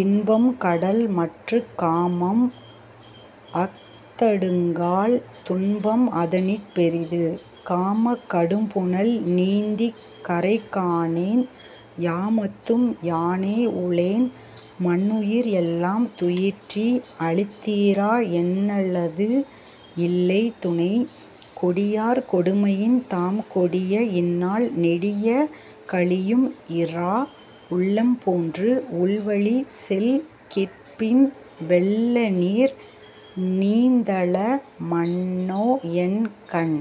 இன்பம் கடல்மற்றுக் காமம் அஃதடுங்கால் துன்பம் அதனிற் பெரிது. காமக் கடும்புனல் நீந்திக் கரைகாணேன் யாமத்தும் யானே உளேன். மன்னுயிர் எல்லாம் துயிற்றி அளித்திரா என்னல்லது இல்லை துணை. கொடியார் கொடுமையின் தாம்கொடிய இந்நாள் நெடிய கழியும் இரா. உள்ளம்போன்று உள்வழிச் செல்கிற்பின் வெள்ளநீர் நீந்தல மன்னோஎன் கண்..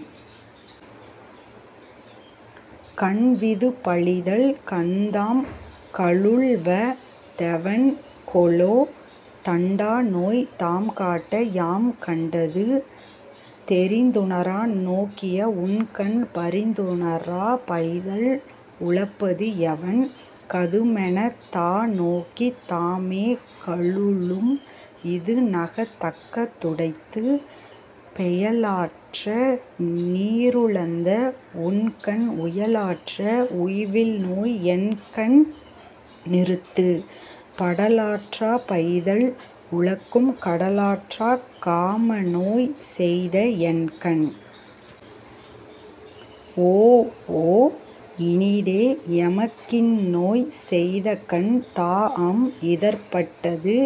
கண்விதுப்பழிதல் கண்தாம் கலுழ்வ தெவன்கொலோ தண்டாநோய் தாம்காட்ட யாம்கண் டது. தெரிந்துணரா நோக்கிய உண்கண் பரிந்துணராப் பைதல் உழப்பது எவன்? கதுமெனத் தாநோக்கித் தாமே கலுழும் இதுநகத் தக்க துடைத்து. பெயலாற்றா நீருலந்த உண்கண் உயலாற்றா உய்வில்நோய் என்கண் நிறுத்து. படலாற்றா பைதல் உழக்கும் கடலாற்றாக் காமநோய் செய்தஎன் கண். ஓஒ இனிதே எமக்கிந்நோய் செய்தகண் தாஅம் இதற்பட் டது.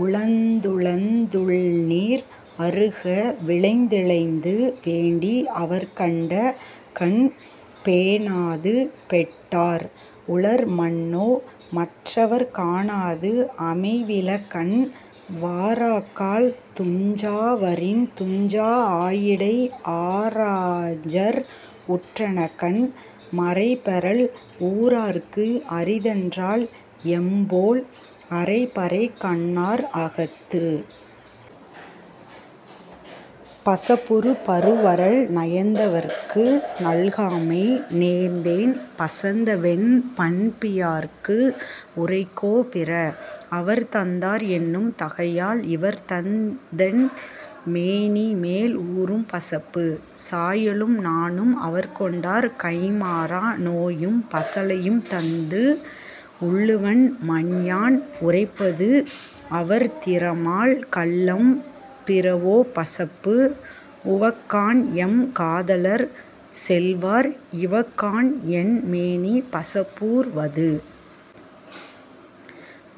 உழந்துழந் துள்நீர் அறுக விழைந்திழைந்து வேண்டி அவர்க்கண்ட கண். பேணாது பெட்டார் உளர்மன்னோ மற்றவர்க் காணாது அமைவில கண். வாராக்கால் துஞ்சா வரின்துஞ்சா ஆயிடை ஆரஞர் உற்றன கண். மறைபெறல் ஊரார்க்கு அரிதன்றால் எம்போல் அறைபறை கண்ணார் அகத்து.. பசப்புறுபருவரல் நயந்தவர்க்கு நல்காமை நேர்ந்தேன் பசந்தவென் பண்பியார்க்கு உரைக்கோ பிற. அவர்தந்தார் என்னும் தகையால் இவர்தந்தென் மேனிமேல் ஊரும் பசப்பு. சாயலும் நாணும் அவர்கொண்டார் கைம்மாறா நோயும் பசலையும் தந்து. உள்ளுவன் மன்யான் உரைப்பது அவர்திறமால் கள்ளம் பிறவோ பசப்பு. உவக்காண்எம் காதலர் செல்வார் இவக்காண்என் மேனி பசப்பூர் வது.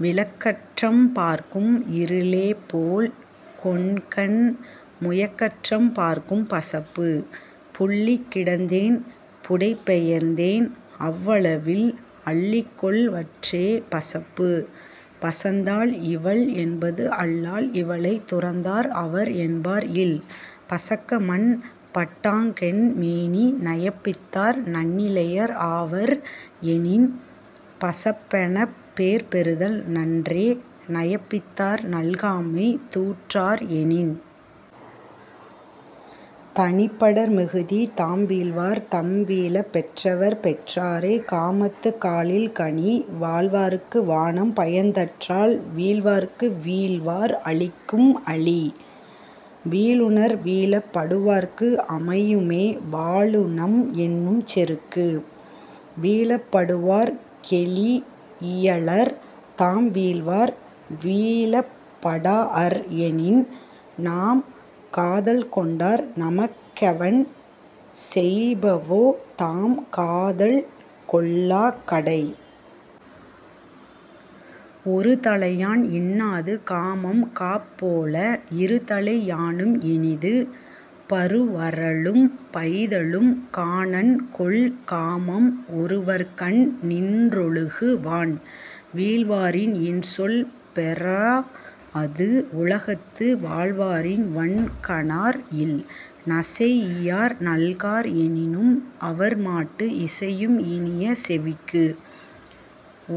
விளக்கற்றம் பார்க்கும் இருளேபோல் கொண்கன் முயக்கற்றம் பார்க்கும் பசப்பு. புல்லிக் கிடந்தேன் புடைபெயர்ந்தேன் அவ்வளவில் அள்ளிக்கொள் வற்றே பசப்பு. பசந்தாள் இவள்என்பது அல்லால் இவளைத் துறந்தார் அவர்என்பார் இல். பசக்கமன் பட்டாங்கென் மேனி நயப்பித்தார் நன்னிலையர் ஆவர் எனின். பசப்பெனப் பேர்பெறுதல் நன்றே நயப்பித்தார் நல்காமை தூற்றார் எனின்.. தனிப்படர்மிகுதி தாம்வீழ்வார் தம்வீழப் பெற்றவர் பெற்றாரே காமத்துக் காழில் கனி. வாழ்வார்க்கு வானம் பயந்தற்றால் வீழ்வார்க்கு வீழ்வார் அளிக்கும் அளி. வீழுநர் வீழப் படுவார்க்கு அமையுமே வாழுநம் என்னும் செருக்கு. வீழப் படுவார் கெழீஇயிலர் தாம்வீழ்வார் வீழப் படாஅர் எனின். நாம்காதல் கொண்டார் நமக்கெவன் செய்பவோ தாம்காதல் கொள்ளாக் கடை. ஒருதலையான் இன்னாது காமம்காப் போல இருதலை யானும் இனிது. பருவரலும் பைதலும் காணான்கொல் காமன் ஒருவர்கண் நின்றொழுகு வான். வீழ்வாரின் இன்சொல் பெறாஅது உலகத்து வாழ்வாரின் வன்கணார் இல். நசைஇயார் நல்கார் எனினும் அவர்மாட்டு இசையும் இனிய செவிக்கு.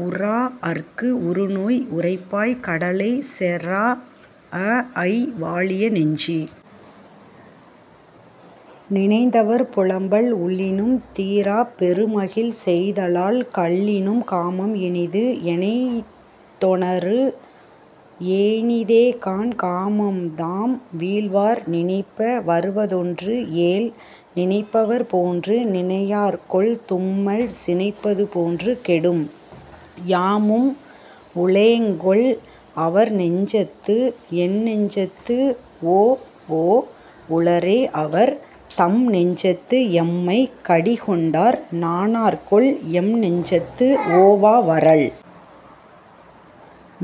உறாஅர்க்கு உறுநோய் உரைப்பாய் கடலைச் செறாஅஅய் வாழிய நெஞ்சு.. நினைந்தவர்புலம்பல் உள்ளினும் தீராப் பெருமகிழ் செய்தலால் கள்ளினும் காமம் இனிது. எனைத்தொனறு ஏனிதேகாண் காமம்தாம் வீழ்வார் நினைப்ப வருவதொன்று ஏல். நினைப்பவர் போன்று நினையார்கொல் தும்மல் சினைப்பது போன்று கெடும். யாமும் உளேங்கொல் அவர்நெஞ்சத்து எந்நெஞ்சத்து ஓஒ உளரே அவர். தம்நெஞ்சத்து எம்மைக் கடிகொண்டார் நாணார்கொல் எம்நெஞ்சத்து ஓவா வரல்.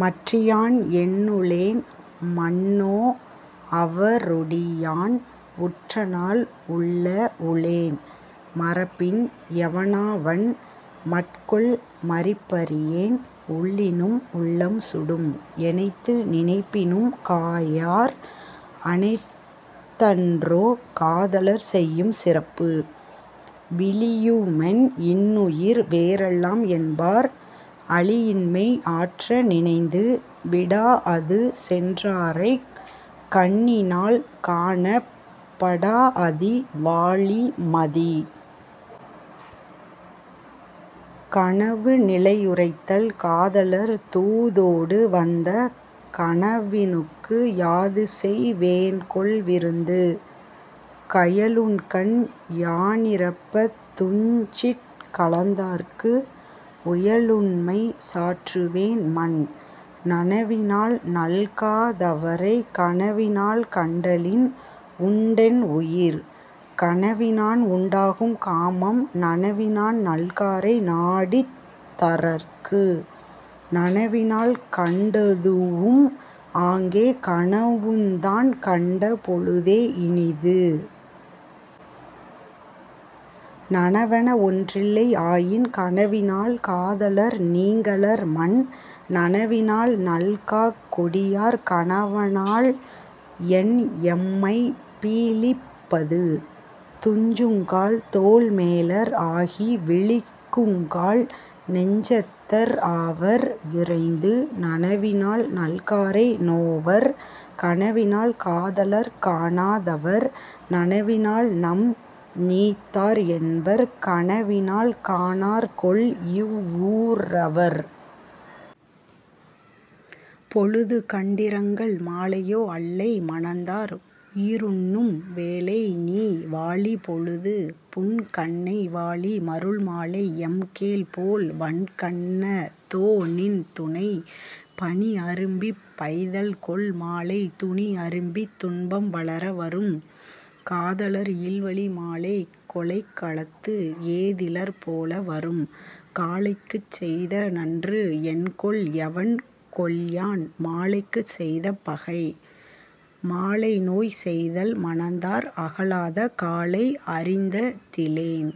மற்றியான் என்னுளேன் மன்னோ அவரொடி யான் உற்றநாள் உள்ள உளேன். மறப்பின் எவனாவன் மற்கொல் மறப்பறியேன் உள்ளினும் உள்ளம் சுடும். எனைத்து நினைப்பினும் காயார் அனைத்தன்றோ காதலர் செய்யும் சிறப்பு. விளியுமென் இன்னுயிர் வேறல்லம் என்பார் அளியின்மை ஆற்ற நினைந்து. விடாஅது சென்றாரைக் கண்ணினால் காணப் படாஅதி வாழி மதி.. கனவுநிலையுரைத்தல் காதலர் தூதொடு வந்த கனவினுக்கு யாதுசெய் வேன்கொல் விருந்து. கயலுண்கண் யானிரப்பத் துஞ்சிற் கலந்தார்க்கு உயலுண்மை சாற்றுவேன் மன். நனவினால் நல்கா தவரைக் கனவினால் கண்டலின் உண்டென் உயிர். கனவினான் உண்டாகும் காமம் நனவினான் நல்காரை நாடித் தரற்கு. நனவினால் கண்டதூஉம் ஆங்கே கனவுந்தான் கண்ட பொழுதே இனிது. நனவென ஒன்றில்லை ஆயின் கனவினால் காதலர் நீங்கலர் மன். நனவினால் நல்காக் கொடியார் கனவனால் என்எம்மைப் பீழிப் பது. துஞ்சுங்கால் தோள்மேலர் ஆகி விழிக்குங்கால் நெஞ்சத்தர் ஆவர் விரைந்து. நனவினால் நல்காரை நோவர் கனவினால் காதலர்க் காணா தவர். நனவினால் நம்நீத்தார் என்பர் கனவினால் காணார்கொல் இவ்வூ ரவர்.. பொழுதுகண்டிரங்கல் மாலையோ அல்லை மணந்தார் உயிருண்ணும் வேலைநீ வாழி பொழுது. புன்கண்ணை வாழி மருள்மாலை எம்கேள்போல் வன்கண்ண தோநின் துணை. பனிஅரும்பிப் பைதல்கொள் மாலை துனிஅரும்பித் துன்பம் வளர வரும். காதலர் இல்வழி மாலை கொலைக்களத்து ஏதிலர் போல வரும். காலைக்குச் செய்தநன்று என்கொல் எவன்கொல்யான் மாலைக்குச் செய்த பகை? மாலைநோய் செய்தல் மணந்தார் அகலாத காலை அறிந்த திலேன்.